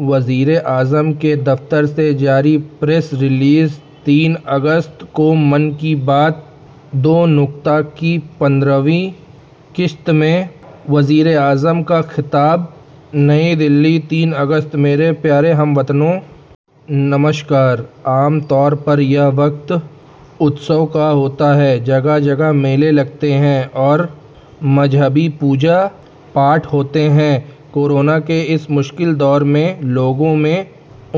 وزیر اعظم کے دفتر سے جاری پریس ریلیز تسی اگست کو من کی بات دو نقطہ صفر کی پندرھویں قسط میں وزیر اعظم کا خطاب نئی دہلی تسی اگست میرے پیارے ہم وطنو نمسکار عام طور پر یہ وقت اتسو کا ہوتا ہے جگہ جگہ میلے لگتے ہیں اور مذہبی پوجا پاٹھ ہوتے ہیں کورونا کے اس مشکل دور میں لوگوں میں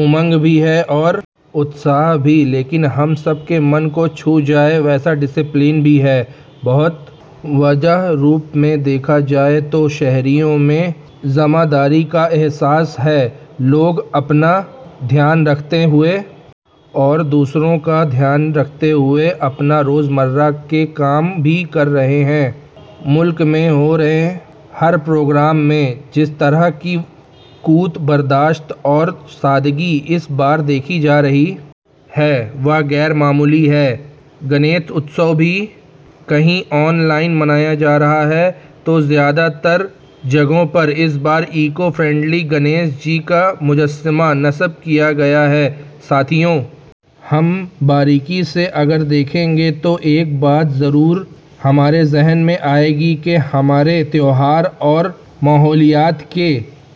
امنگ بھی ہے اور اتساہ بھی لیکن ہم سب کے من کو چھو جائے ویسا ڈسپلن بھی ہے بہت واضح روپ میں دیکھا جائے تو شہریوں میں ذمہ داری کا احساس ہے لوگ اپنا دھیان رکھتے ہوئے اور دوسروں کا دھیان رکھتے ہوئے اپنے روزمرہ کے کام بھی کر رہے ہیں ملک میں ہو رہے ہر پروگرام میں جس طرح کی قوت برداشت اور سادگی اس بار دیکھی جا رہی ہے وہ غیر معمولی ہے گنیش اتسو بھی کہیں آن لائن منایا جا رہا ہے تو زیادہ تر جگہوں پر اس بار ایکو فرینڈلی گنیش جی کا مجسمہ نصب کیا گیا ہے ساتھیو ہم بہت باریکی سے اگر دیکھیں گے تو ایک بات ضرور ہمارے ذہن میں آئے گی کہ ہمارے تہوار اور ماحولیات کے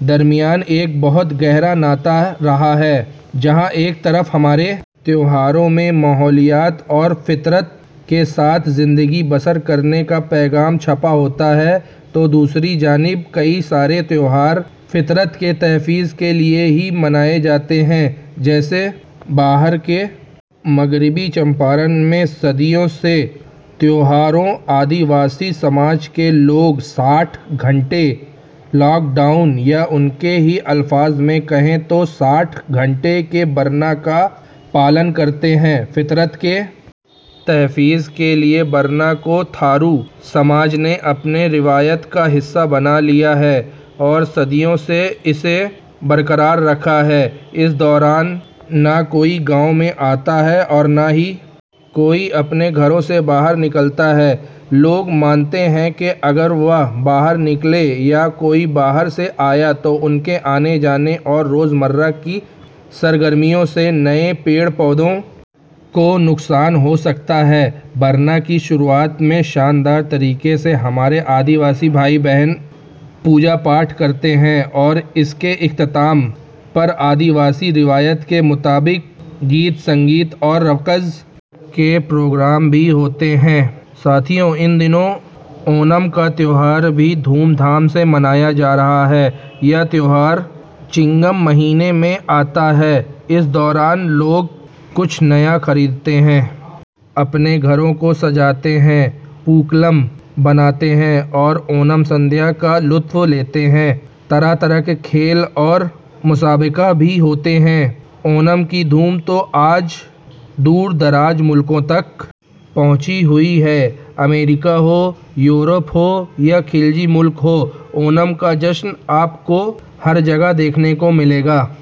درمیان ایک بہت گہرا ناطہ رہا ہے جہاں ایک طرف ہمارے تہواروں میں ماحولیات اور فطرت کے ساتھ زندگی بسر کرنے کا پیغام چھپا ہوتا ہے تو دوسری جانب کئی سارے تہوار فطرت کے تحفظ کے لیے ہی منائے جاتے ہیں جیسے بہار کے مغربی چمپارن میں صدیوں سے تھارو آدیواسی سماج کے لوگ ساٹھ گھنٹے کے لاک ڈاؤن یا ان کے ہی الفاظ میں کہیں تو ساٹھ گھنٹے کے برنا کا پالن کرتے ہیں فطرت کے تحفظ کے لیے برنا کو تھارو سماج نے اپنی روایت کا حصہ بنا لیا ہے اور صدیوں سے اسے برقرار رکھا ہے اس دوران نہ کوئی گاؤں میں آتا ہے اور نہ ہی کوئی اپنے گھروں سے باہر نکلتا ہے لوگ مانتے ہیں کہ اگر وہ باہر نکلے یا کوئی باہر سے آیا تو ان کے آنے جانے اور روزمرہ کی سرگرمیوں سے نئے پیڑ پودوں کو نقصان ہو سکتا ہے برنا کی شروعات میں شاندار طریقے سے ہمارے آدیواسی بھائی بہن پوجا پاٹھ کرتے ہیں اور اس کے اختتام پر آدیواسی روایت کے مطابق گیت سنگیت اور رقص کے پروگرام بھی ہوتے ہیں ساتھیو ان دنوں اونم کا تہوار بھی دھوم دھام سے منایا جا رہا ہے یہ تہوار چنگم مہینے میں آتا ہے اس دوران لوگ کچھ نیا خریدتے ہیں اپنے گھروں کو سجاتے ہیں پوکلم بناتے ہیں اور اونم سادیہ کا لطف لیتے ہیں طرح طرح کے کھیل اور مسابقے بھی ہوتے ہیں اونم کی دھوم تو آج دور دراز ملکوں تک پہنچی ہوئی ہے امریکہ ہو یورپ ہو یا خلیجی ملک ہوں اونم کا جشن آپ کو ہر جگہ دیکھنے کو ملے گا